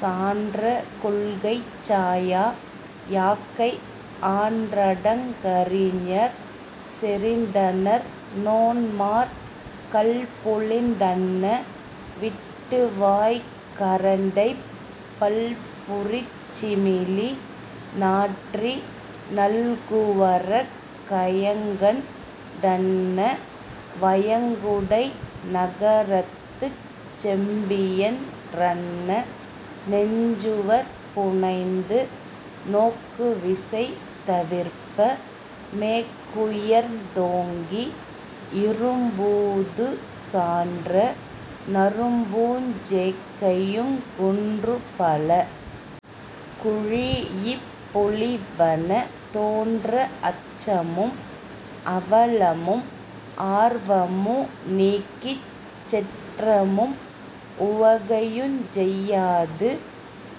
சான்ற கொள்கைச் சாயா யாக்கை ஆன்றடங் கறிஞர் செறிந்தனர் நோன்மார் கல்பொளிந் தன்ன விட்டுவாய்க் கரண்டைப் பல்புரிச் சிமிலி நாற்றி நல்குவரக் கயங்கண் டன்ன வயங்குடை நகரத்துச் செம்பியன் றன்ன செஞ்சுவர் புனைந்து நோக்குவிசை தவிர்ப்ப மேக்குயர்ந் தோங்கி இறும்பூது சான்ற நறும்பூஞ் சேக்கையுங் குன்றுபல குழீஇப் பொலிவன தோன்ற அச்சமும் அவலமும் ஆர்வமு நீக்கிச் செற்றமும் உவகையுஞ் செய்யாது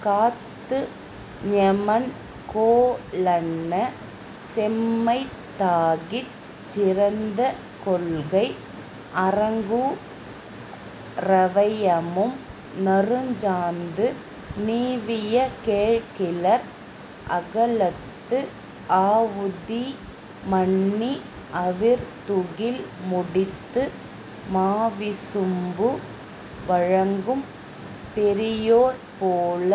காத்து ஞெமன்கோ லன்ன செம்மைத் தாகிச் சிறந்த கொள்கை அறங்கூ றவையமும் நறுஞ்சாந்து நீவிய கேழ்கிளர் அகலத்து ஆவுதி மண்ணி அவிர்துகில் முடித்து மாவிசும்பு வழங்கும் பெரியோர் போல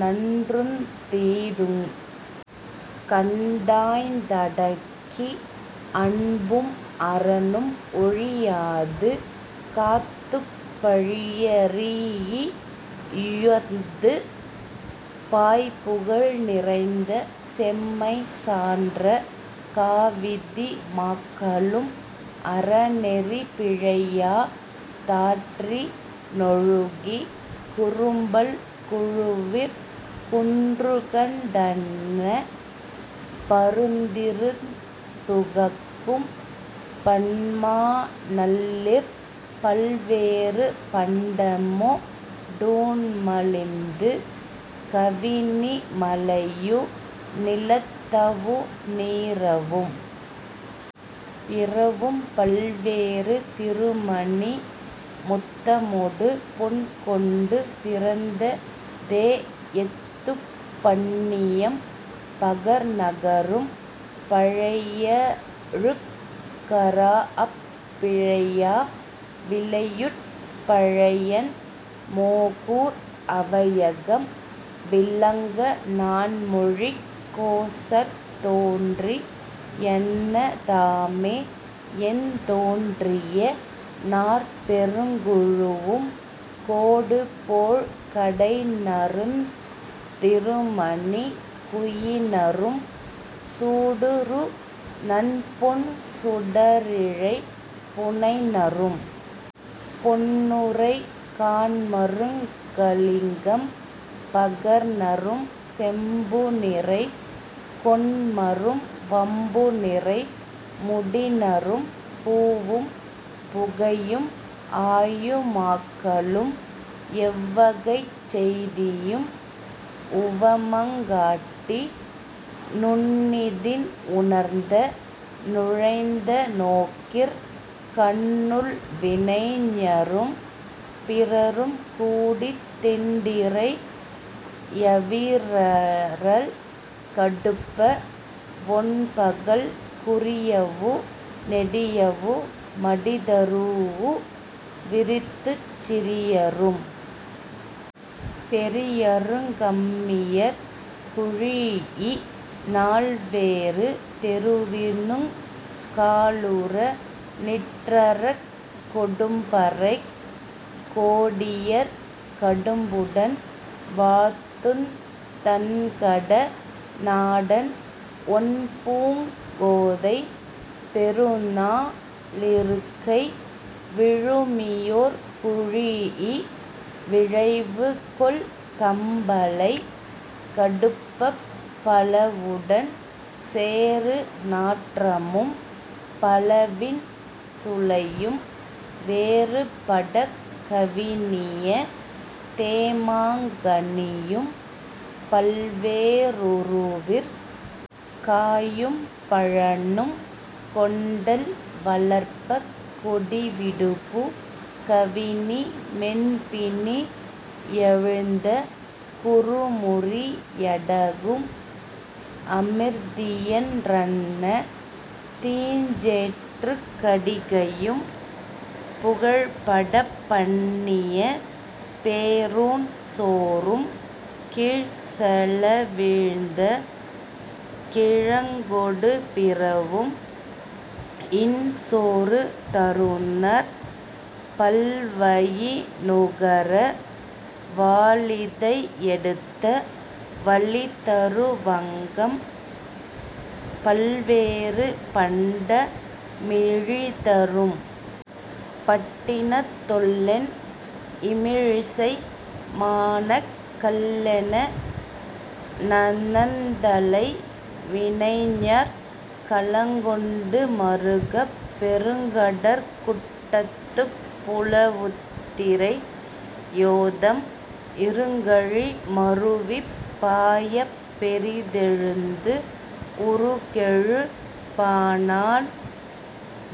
நன்றுந் தீதுங் கண்டாய்ந் தடக்கி அன்பும் அறனும் ஒழியாது காத்துப் பழியரீஇ யுயர்ந்து பாய்புகழ் நிறைந்த செம்மை சான்ற காவிதி மாக்களும் அறநெறி பிழையா தாற்றி னொழுகி குறும்பல் குழுவிற் குன்றுகண் டன்ன பருந்திருந் துகக்கும் பன்மா ணல்லிற் பல்வேறு பண்டமொ டூண்மலிந்து கவினி மலையவு நிலத்தவு நீரவும் பிறவும் பல்வேறு திருமணி முத்தமொடு பொன்கொண்டு சிறந்த தேஎத்துப் பண்ணியம் பகர்நகரும் மழையழுக் கறாஅப் பிழையா விளையுட் பழையன் மோகூர் அவையகம் விளங்க நான்மொழிக் கோசர் தோன்றி யன்ன தாமேஎந் தோன்றிய நாற்பெருங் குழுவும் கோடுபோழ் கடைநருந் திருமணி குயினரும் சூடுறு நன்பொன் சுடரிழை புனைநரும் பொன்னுரை காண்மருங் கலிங்கம் பகர்நரும் செம்புநிறை கொண்மரும் வம்புநிறை முடிநரும் பூவும் புகையும் ஆயு மாக்களும் எவ்வகைச் செய்தியும் உவமங் காட்டி நுண்ணிதின் உணர்ந்த நுழைந்த நோக்கிற் கண்ணுள் வினைஞரும் பிறரும் கூடித் தெண்டிரை யவிரறல் கடுப்ப வொண்பகல் குறியவு நெடியவு மடிதரூஉ விரித்துச் சிறியரும் பெரியருங் கம்மியர் குழீஇ நால்வேறு தெருவினுங் காலுற நிற்றரக் கொடும்பறைக் கோடியர் கடும்புடன் வாழ்த்துந் தண்கட னாடன் ஒண்பூங் கோதை பெருநா ளிருக்கை விழுமியோர் குழீஇ விழைவுகொள் கம்பலை கடுப்பப் பலவுடன் சேறு நாற்றமும் பலவின் சுளையும் வேறுபடக் கவினிய தேமாங் கனியும் பல்வே றுருவிற் காயும் பழனும் கொண்டல் வளர்ப்பக் கொடிவிடுபு கவினி மென்பிணி யவிழ்ந்த குறுமுறி யடகும் அமிர்தியன் றன்ன தீஞ்சேற்றுக் கடிகையும் புகழ்படப் பண்ணிய பேரூன் சோறும் கீழ்செல வீழ்ந்த கிழங்கொடு பிறவும் இன்சோறு தருநர் பல்வயி னுகர வாலிதை எடுத்த வளிதரு வங்கம் பல்வேறு பண்ட மிழிதரும் பட்டினத் தொல்லென் இமிழிசை மானக் கல்லென நனந்தலை வினைஞர் கலங்கொண்டு மறுகப் பெருங்கடற் குட்டத்துப் புலவுத்திரை யோதம் இருங்கழி மருவிப் பாயப் பெரிதெழுந்து உருகெழு பானாள்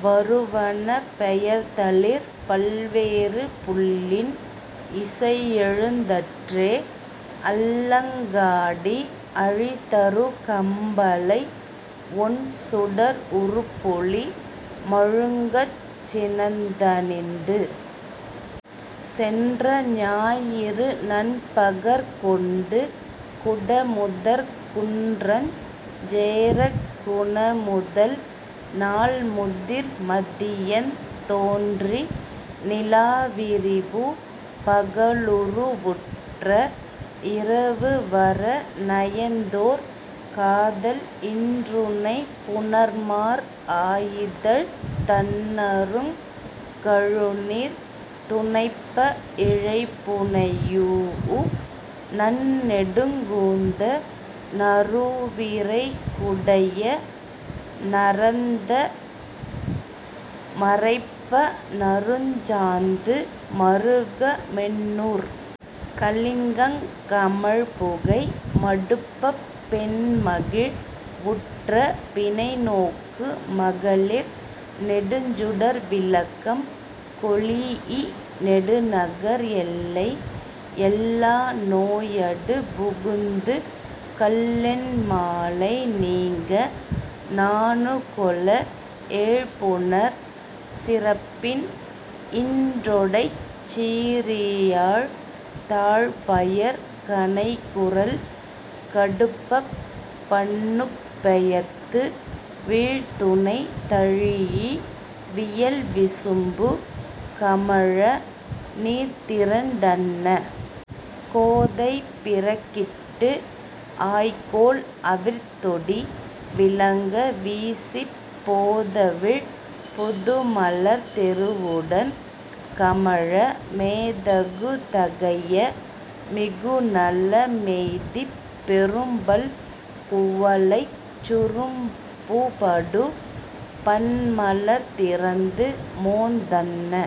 வருவன பெயர்தலிற் பல்வேறு புள்ளின் இசையெழுந் தற்றே அல்லங் காடி அழிதரு கம்பலை ஒண்சுடர் உருப்பொளி மழுங்கச் சினந்தணிந்து சென்ற ஞாயிறு நன்பகற் கொண்டு குடமுதற் குன்றஞ் சேரக் குணமுதல் நாள்முதிர் மதியந் தோன்றி நிலாவிரிபு பகலுரு வுற்ற இரவுவர நயந்தோர் காதல் இன்றுணை புணர்மார் ஆயிதழ்த் தண்ணறுங் கழுநீர் துணைப்ப இழைபுனையூஉ நன்னெடுங் கூந்த னறுவிரை குடைய நரந்த மரைப்ப நறுஞ்சாந்து மறுக மென்னூற் கலிங்கங் கமழ்புகை மடுப்பப் பெண்மகிழ் வுற்ற பிணைநோக்கு மகளிர் நெடுஞ்சுடர் விளக்கம் கொளீஇ நெடுநகர் எல்லை எல்லா நோயடு புகுந்து கல்லென் மாலை நீங்க நாணுக்கொள ஏழ்புணர் சிறப்பின் இன்றொடைச் சீறியாழ் தாழ்பயற் கனைகுரல் கடுப்பப் பண்ணுப்பெயர்த்து வீழ்துணை தழீஇ வியல்விசும்பு கமழ நீர்திரண் டன்ன கோதை பிறக்கிட்டு ஆய்கோல் அவிர்தொடி விளங்க வீசிப் போதவிழ் புதுமலர் தெருவுடன் கமழ மேதகு தகைய மிகுநல மெய்திப் பெரும்பல் குவளைச் சுரும்புபடு பன்மலர் திறந்துமோந் தன்ன